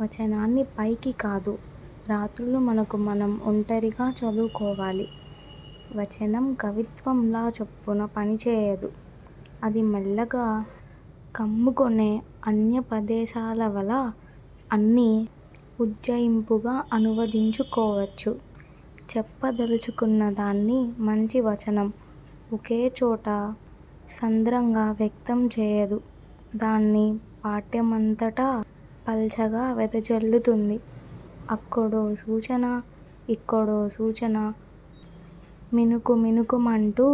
'వచనాన్ని పైకి కాదు, రాత్రుళ్ళు మనకు మనం ఒంటరిగా చదువుకోవాలి. వచనం కవిత్వంలా చప్పున పనిచేయదు. అది మెల్లగా కమ్ముకొనే అన్యాపదేశాల వల'' అని ఉజ్జాయింపుగా అనువదించుకోవచ్చు. చెప్పదల్చుకున్నదాన్ని మంచి వచనం ఒకే చోట సాంద్రంగా వ్యక్తం చేయదు. దాన్ని పాఠ్యమంతటా పల్చగా వెదజల్లుతుంది. అక్కడో సూచనా ఇక్కడో సూచనా మినుకు మినుకుమంటూ,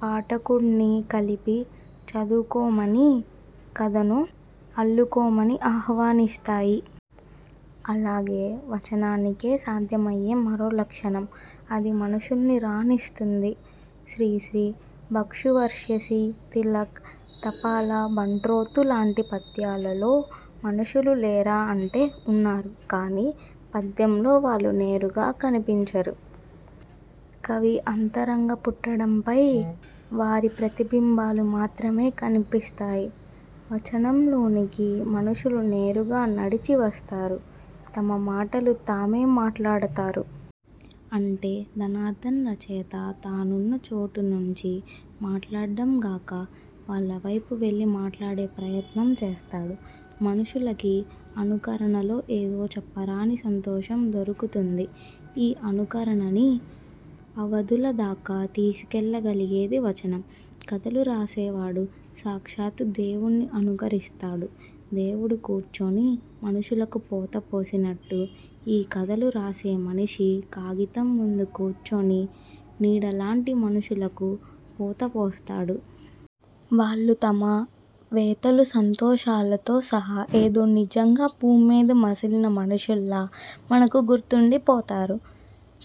పాఠకుడ్ని కలిపి చదువుకొమ్మనీ, కథను అల్లుకొమ్మనీ ఆహ్వానిస్తాయి. అలాగే వచనానికే సాధ్యమయ్యే మరో లక్షణం, అది మనుషుల్ని రానిస్తుంది. శ్రీశ్రీ 'భిక్షువర్షీయసి', తిలక్ 'తపాలా బంట్రోతు' లాంటి పద్యాల్లో మనుషులు లేరా అంటే ఉన్నారు. కానీ పద్యంలో వాళ్ళు నేరుగా కనిపించరు. కవి అంతరంగపుటద్దంపై వారి ప్రతిబింబాలు మాత్రమే కనిపిస్తాయి. వచనంలోనికి మనుషులు నేరుగా నడిచి వస్తారు, తమ మాటలు తామే మాట్లాడతారు. అంటే దానర్థం రచయిత తానున్న చోటు నుంచి మాట్లాడ్డం గాక, వాళ్ల వైపు వెళ్లి మాట్లాడే ప్రయత్నం చేస్తాడు. మనుషులకి అనుకరణలో ఏదో చెప్పరాని సంతోషం దొరుకుతుంది. ఈ అనుకరణని అవధుల దాకా తీసుకెళ్లగలిగేది వచనం. కథలు రాసేవాడు సాక్షాత్తూ దేవుడ్నే అనుకరిస్తాడు. దేవుడు కూర్చొని మనుషులకు పోత పోసినట్టు, ఈ కథలు రాసే మనిషి కాగితం ముందు కూర్చొని నీడల్లాంటి మనుషులకు పోతపోస్తాడు. వాళ్ళు తమ వెతలూ సంతోషాలతో సహా ఏదో నిజంగా భూమ్మీద మసలిన మనుషుల్లా మనకు గుర్తుండిపోతారు.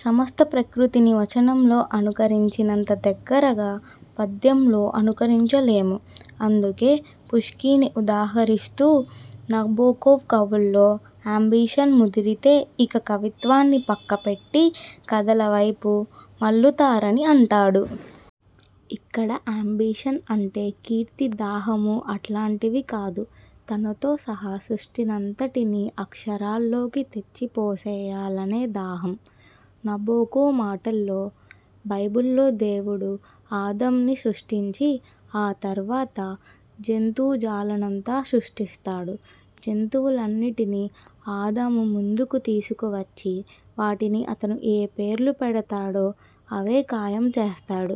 సమస్త ప్రకృతిని వచనంలో అనుకరించినంత దగ్గరగా పద్యంలో అనుకరించలేము. అందుకే పుష్కిన్ని ఉదహరిస్తూ నబొకొవ్- కవుల్లో ఏంబిషన్ ముదిరితే ఇక కవిత్వాన్ని పక్కపెట్టి కథల వైపు మళ్లుతారని అంటాడు. ఇక్కడ ఏంబిషన్ అంటే కీర్తి దాహమూ అట్లాంటివి కాదు. తనతో సహా సృష్టినంతట్నీ అక్షరాల్లోకి తెచ్చిపోసెయ్యాలనే దాహం. నబొకొవ్ మాటల్లో: ".'' బైబిల్లో దేవుడు ఆదాంని సృష్టించి, ఆ తర్వాత జంతుజాలాన్నంతా సృష్టిస్తాడు. జంతువులన్నింటినీ ఆదాము ముందుకు తీసుకువచ్చి వాటికి అతను ఏ పేర్లు పెడతాడో అవే ఖాయం చేస్తాడు.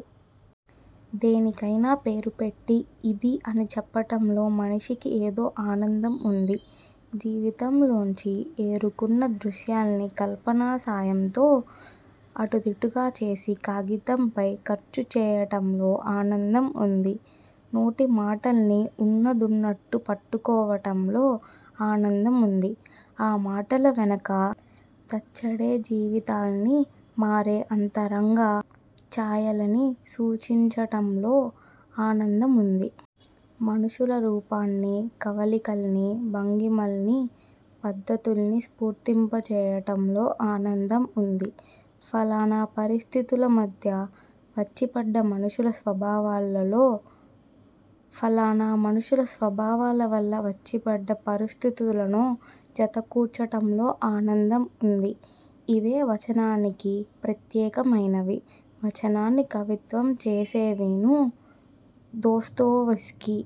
దేనికైనా పేరు పెట్టి ఇదీ అని చెప్పటంలో మనిషికి ఏదో ఆనందం ఉంది. జీవితంలోంచి ఏరుకున్న దృశ్యాల్ని కల్పన సాయంతో అటుదిటుగా చేసి కాగితంపై ఖర్చుచేయటంలో ఆనందం ఉంది. నోటి మాటల్ని ఉన్నదున్నట్టు పట్టుకోవటంలో ఆనందముంది. ఆ మాటల వెనక తచ్చాడే జీవితాల్నీ, మారే అంతరంగ ఛాయల్నీ సూచించటంలో ఆనందముంది. మనుషుల రూపాల్నీ, కవళికల్నీ, భంగిమల్నీ, పద్ధతుల్నీ స్ఫురింపజేయటంలో ఆనందం ఉంది. ఫలానా పరిస్థితుల మధ్య వచ్చిపడ్డ మనుషుల స్వభావాల్నో, ఫలానా మనుషుల స్వభావాల వల్ల వచ్చిపడ్డ పరిస్థితులనో జతకూర్చటంలో ఆనందం ఉంది. ఇవే వచనానికి ప్రత్యేకమైనవీ, వచనాన్ని కవిత్వం చేసేవీను. దాస్తోయెవ్స్కీ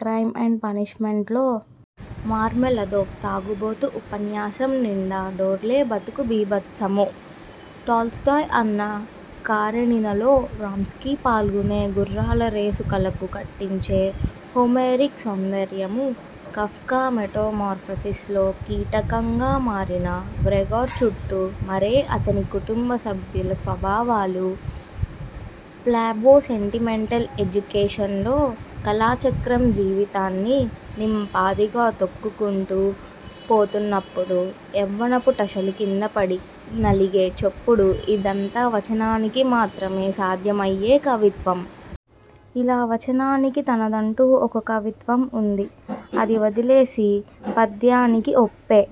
'క్రైమ్ అండ్ పనిష్మెంట్'లో మార్మెలాడోవ్ తాగుబోతు ఉపన్యాసం నిండా దొర్లే బతుకు బీభత్సమూ; టాల్స్టాయ్ 'అన్నా కరేనినా'లో వ్రాంస్కీ పాల్గొనే గుర్రాల రేసు కళ్లకు కట్టించే హోమరిక్ సౌందర్యమూ; కాఫ్కా 'మెటమార్ఫసిస్'లో కీటకంగా మారిన గ్రెగర్ చుట్టూ మారే అతని కుటుంబ సభ్యుల స్వభావాలూ; ఫ్లాబె 'సెంటిమెంటల్ ఎడ్యుకేషన్'లో కాలచక్రం జీవితాన్ని నింపాదిగా తొక్కుకుంటూ పోతున్నప్పుడు యవ్వనపుటాశలు కిందపడి నలిగే చప్పుడూ ఇదంతా వచనానికి మాత్రమే సాధ్యమయ్యే కవిత్వం. ఇలా వచనానికి తనదంటూ ఒక కవిత్వం ఉంది. అది వదిలేసి, పద్యానికి ఒప్పే